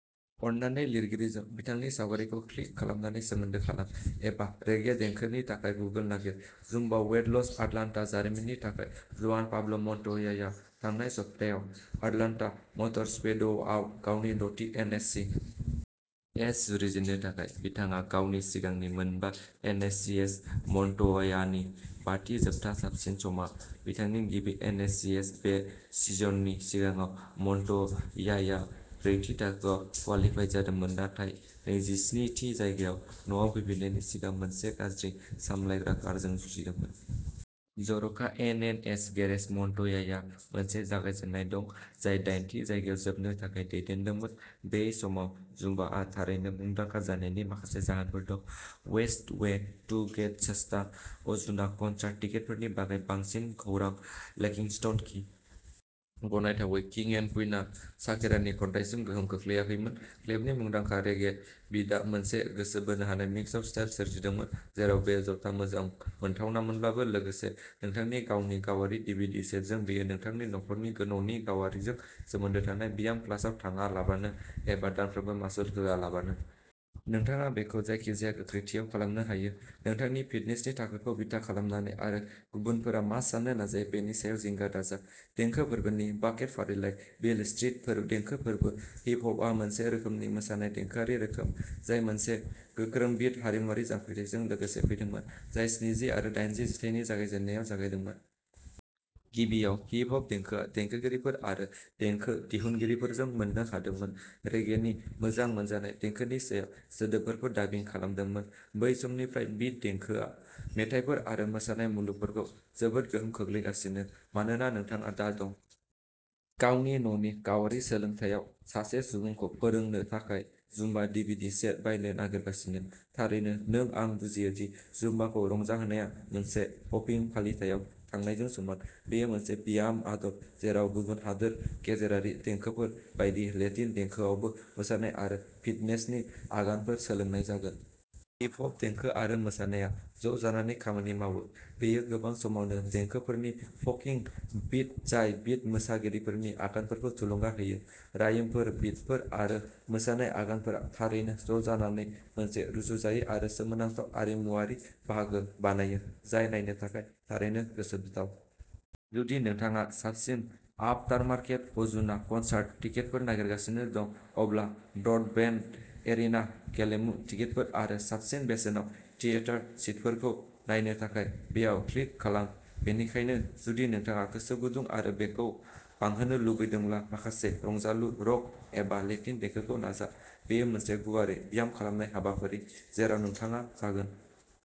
अन्नानै लिरगिरिजों बिथांनि सावगारिखौ क्लिक खालामनानै सोमोन्दो खालाम एबा "रेगे देंखो" नि थाखाय गुगोल नागिर। जुम्बा वेट लस आटलान्टा जारिमिननि थाखायः जुआन पाब्ल'मन्ट'याया थांनाय सप्तायाव आटलान्टा मटर स्पीडवेआव गावनि द'थि एन. एस. सि. एस. जुरिजेननो थाखाय। बिथाङा गावनि सिगांनि मोनबा एन. एस. सि. एस. मन्ट'यानि बाथि जोबथा साबसिन समा बिथांनि गिबि एन. एस. सि. एस. बे सिजननि सिगाङाव, मन्ट'याया ब्रैथि थाखोआव क्वालिफाइ जादोंमोन नाथाय नैजिस्नि थि जायगायाव न'आव फैनायनि सिगां मोनसे गाज्रि-सामलायग्रा कारजों जुजिदोंमोन। जर'खा एन. एन. एस. गेरेज, मन्ट'याया मोनसे जागायजेन्नाय दं जाय दाइनथि जायगायाव जोबनो थाखाय दैदेनदोंमोन। बे समाव जुम्बाआ थारैनो मुंदांखा जानायनि माखासे जाहोनफोर दं। बेस्ट वे टु गेट सस्ता अजुना कनसार्ट टिकेटफोरनि बागै बांसिन खौरां लेक्सिंटन कि. गनायथावै, "किं एन्ड कुइन" आ शाकिरानि खन्थाइसिम गोहोम खोख्लैाखैमोन। क्लेफनि मुंदांखा रेगे बिटआ मोनसे गोसो बोनो हानाय मिक्स अफ स्टाइल सोरजिदोंमोन, जेराव बे ज'था मोजां मोनथावनामोनब्लाबो। लोगोसे, नोंथांनि गावनि गावारि डीवीडी सेटजों बेयो नोंथांनि नख'रनि न'नि गावारिजों सोमोन्दो थानाय ब्याम, क्लासआव थांआलाबानो, एबा दानफ्रोमबो मासुल होआलाबानो। नोंथाङा बेखौ जायखिजाया गोख्रैथियाव खालामनो हायो, नोंथांनि फिटनेसनि थाखोखौ बिथा खालामनानै आरो गुबुनफोरा मा सान्नो नाजायो बेनि सायाव जिंगा दाजा। देंखो फोरबोनि बाकेट फारिलाइः बील स्ट्रीट देंखो फोरबो हिप हपआ मोनसे रोखोमनि मोसानाय/देंखोआरि रोखोम, जाय मोनसे गोख्रों बीट हारिमुआरि जांख्रिथायजों लोगोसे फैदोंमोन, जाय स्निजि आरो दाइनजि जिथाइनि जागायजेन्नायाव जागायदोंमोन। गिबियाव, हिप हप देंखोआ देंखोगिरिफोर आरो देंखो दिहुनगिरिफोरजों मोन्नो हादोंमोन, रेगेनि मोजां मोनजानाय देंखोनि सायाव सोदोबफोरखौ डाबिं खालामदोंमोन। बै समनिफ्राय, बीट देंखोआ मेथाइफोर आरो मोसानाय मुलुगफोरखौ जोबोद गोहोम खोख्लैगासिनो! मानोना नोंथाङा दा दं। गावनि न'नि गावारि सोलोंथायाव सासे सुबुंखौ फोरोंनो थाखाय जुम्बा डिभिडि सेट बायनो नागिरगासिनो, थारैनो, नों आं बुजियो दि जुम्बाखौ रंजाहोनाया मोनसे हपिं फालिथायाव थांनायजों समान। बेयो मोनसे ब्याम आदब जेराव गुबुन हादोर गेजेरारि देंखोफोर बायदि लेटिन देंखोआवबो मोसानाय आरो फिटनेसनि आगानफोर सोलोंनाय जागोन। हिप हप देंखो आरो मोसानाया ज'जानानै खामानि मावो। बेयो गोबां समावनो देंखोफोरनि फंकी बीट जाय बीट मोसागिरिफोरनि आगानफोरखौ थुलुंगा होयो। रायिमफोर, बिटफोर आरो मोसानाय आगानफोरा थारैनो ज'जानानै मोनसे रुजुजायै आरो सोमोनांथाव आरिमुआरि बाहागो बानायो जाय नायनो थाखाय थारैनो गोसोबोथाव। जुदि नोंथाङा साबसिन आफटारमार्केट अजुना कनसार्ट टिकेटफोर नागिरगासिनो दं, अब्ला ब्रडबेन्ट एरिना, गेलेमु टिकेटफोर आरो साबसिन बेसेनाव थियेटार सिटफोरखौ नायनो थाखाय बेयाव क्लिक खालाम। बेनिखायनो, जुदि नोंथाङा गोसो गुदुं आरो बेखौ बांहोनो लुबैदोंब्ला, माखासे रंजालु रक एबा लेटिन देंखोखौ नाजा। बेयो मोनसे गुवारै ब्याम खालामनाय हाबाफारि जेराव नोंथाङा जागोन।